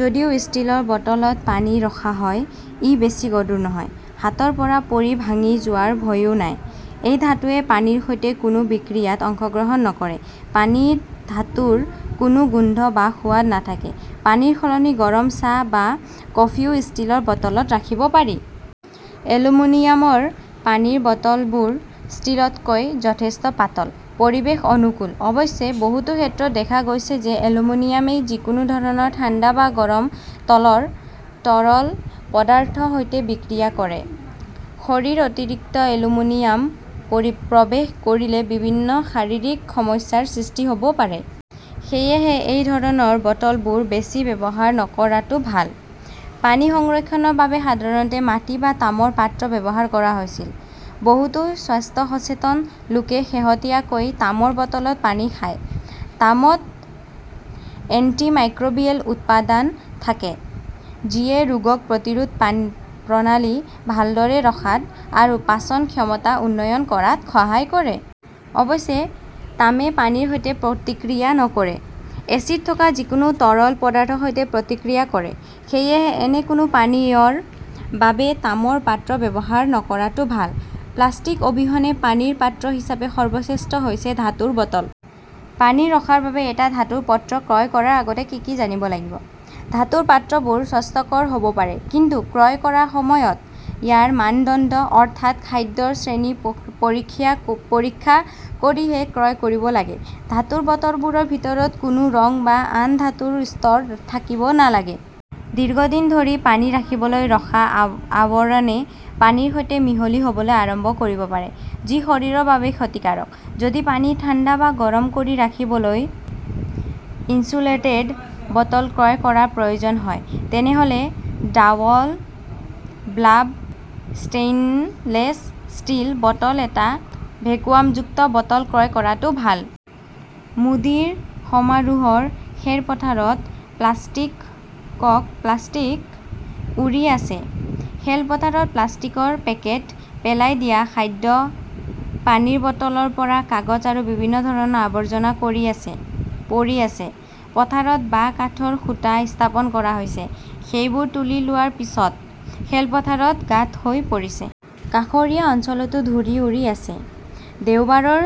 যদিও ষ্টীলৰ বটলত পানী ৰখা হয়, ই বেছি গধুৰ নহয়। হাতৰ পৰা পৰি ভাঙি যোৱাৰ ভয়ও নাই। এই ধাতুৱে পানীৰ সৈতে কোনো বিক্ৰিয়াত অংশগ্ৰহণ নকৰে। পানীত ধাতুৰ কোনো গোন্ধ বা সোৱাদ নাথাকে। পানীৰ সলনি গৰম চাহ বা কফিও ষ্টীলৰ বটলত ৰাখিব পাৰি। এলুমিনিয়ামৰ পানীৰ বটলবোৰ ষ্টীলতকৈ যথেষ্ট পাতল, পৰিৱেশ অনুকূল। অৱশ্যে, বহুতো ক্ষেত্ৰত দেখা গৈছে যে এলুমিনিয়ামে যিকোনো ধৰণৰ ঠাণ্ডা বা গৰম তৰল পদাৰ্থৰ সৈতে বিক্ৰিয়া কৰে। শৰীৰত অতিৰিক্ত এলুমিনিয়াম প্ৰৱেশ কৰিলে বিভিন্ন শাৰীৰিক সমস্যাৰ সৃষ্টি হ'ব পাৰে। সেয়েহে এই ধৰণৰ বটলবোৰ বেছি ব্যৱহাৰ নকৰাটো ভাল। পানী সংৰক্ষণৰ বাবে সাধাৰণতে মাটি বা তামৰ পাত্ৰ ব্যৱহাৰ কৰা হৈছিল। বহুতো স্বাস্থ্য সচেতন লোকে শেহতীয়াকৈ তামৰ বটলত পানী খায়। তামত এন্টিমাইক্ৰোবিয়েল উপাদান থাকে। যিয়ে ৰোগ প্ৰতিৰোধ প্ৰণালী ভালদৰে ৰখাত আৰু পাচন ক্ষমতা উন্নত কৰাত সহায় কৰে। অৱশ্যে তামে পানীৰ সৈতে প্ৰতিক্ৰিয়া নকৰিলেও এচিড থকা যিকোনো তৰল পদাৰ্থৰ সৈতে প্ৰতিক্ৰিয়া কৰে। সেয়েহে, এনে কোনো পানীয়ৰ বাবে তামৰ পাত্ৰ ব্যৱহাৰ নকৰাটো ভাল। প্লাষ্টিক অবিহনে পানীৰ পাত্ৰ হিচাপে সৰ্বশ্ৰেষ্ঠ হৈছে ধাতুৰ বটল। পানী ৰখাৰ বাবে এটা ধাতুৰ পাত্ৰ ক্ৰয় কৰাৰ আগতে কি কি জানিব লাগিব? ধাতুৰ পাত্ৰবোৰ স্বাস্থ্যকৰ হ'ব পাৰে, কিন্তু ক্ৰয় কৰাৰ সময়ত ইয়াৰ মানদণ্ড, অৰ্থাৎ খাদ্যৰ শ্ৰেণী পৰীক্ষা কৰিহে ক্ৰয় কৰিব লাগে। ধাতুৰ বটলবোৰৰ ভিতৰত কোনো ৰং বা আন ধাতুৰ স্তৰ থাকিব নালাগে। দীৰ্ঘদিন ধৰি পানী ৰাখিবলৈ ৰখা আৱৰণে পানীৰ সৈতে মিহলি হ'বলৈ আৰম্ভ কৰিব পাৰে। যি শৰীৰৰ বাবে ক্ষতিকাৰক। যদি পানী ঠাণ্ডা বা গৰম কৰি ৰাখিবলৈ 'ইনচুলেটেড' বটল ক্ৰয় কৰাৰ প্ৰয়োজন হয়, তেনেহ'লে double walled stainless steel bottle এটা ভেকুৱামযুক্ত বটল ক্ৰয় কৰাটো ভাল। মোদীৰ সমাৰোহৰ খেলপথাৰত প্লাষ্টিক উৰি আছে, খেলপথাৰত প্লাষ্টিকৰ পেকেট, পেলাই দিয়া খাদ্য, পানীৰ বটলৰ পৰা কাগজ আৰু বিভিন্ন ধৰণৰ আৱৰ্জনা পৰি আছে। পথাৰত বাঁহ, কাঠৰ খুঁটা স্থাপন কৰা হৈছিল। সেইবোৰ তুলি লোৱাৰ পিছত খেলপথাৰত গাঁত হৈ পৰিছে। কাষৰীয়া অঞ্চলতো ধূলি উৰি আছে। দেওবাৰৰ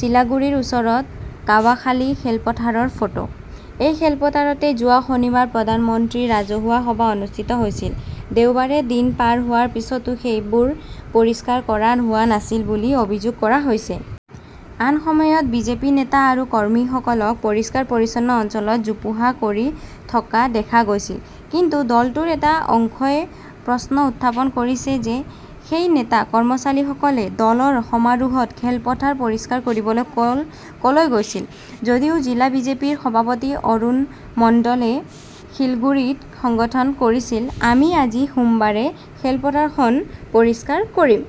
চিলাগুৰিৰ ওচৰৰ কাৱাখালি খেলপথাৰৰ ফটো। এই খেলপথাৰতে যোৱা শনিবাৰে প্ৰধানমন্ত্ৰীৰ ৰাজহুৱা সভা অনুষ্ঠিত হৈছিল। দেওবাৰে দিন পাৰ হোৱাৰ পিছতো সেইবোৰ পৰিষ্কাৰ কৰা হোৱা নাছিল বুলি অভিযোগ কৰা হৈছে। আন সময়ত বিজেপি নেতা আৰু কৰ্মীসকলক পৰিষ্কাৰ-পৰিচ্ছন্ন অঞ্চলত জোপোহা কৰি থকা দেখা গৈছিল। কিন্তু দলটোৰ এটা অংশই প্ৰশ্ন উত্থাপন কৰিছে যে সেই নেতা, কৰ্মচাৰীসকলে দলৰ সমাৰোহত খেলপথাৰ পৰিষ্কাৰ কৰিবলৈ ক'লৈ গৈছিল। যদিও জিলা বিজেপিৰ সভাপতি অৰুণ মণ্ডলে শিলিগুড়ি সংগঠনক কৈছিল, "আমি আজি সোমবাৰে খেলপথাৰখন পৰিষ্কাৰ কৰিম।"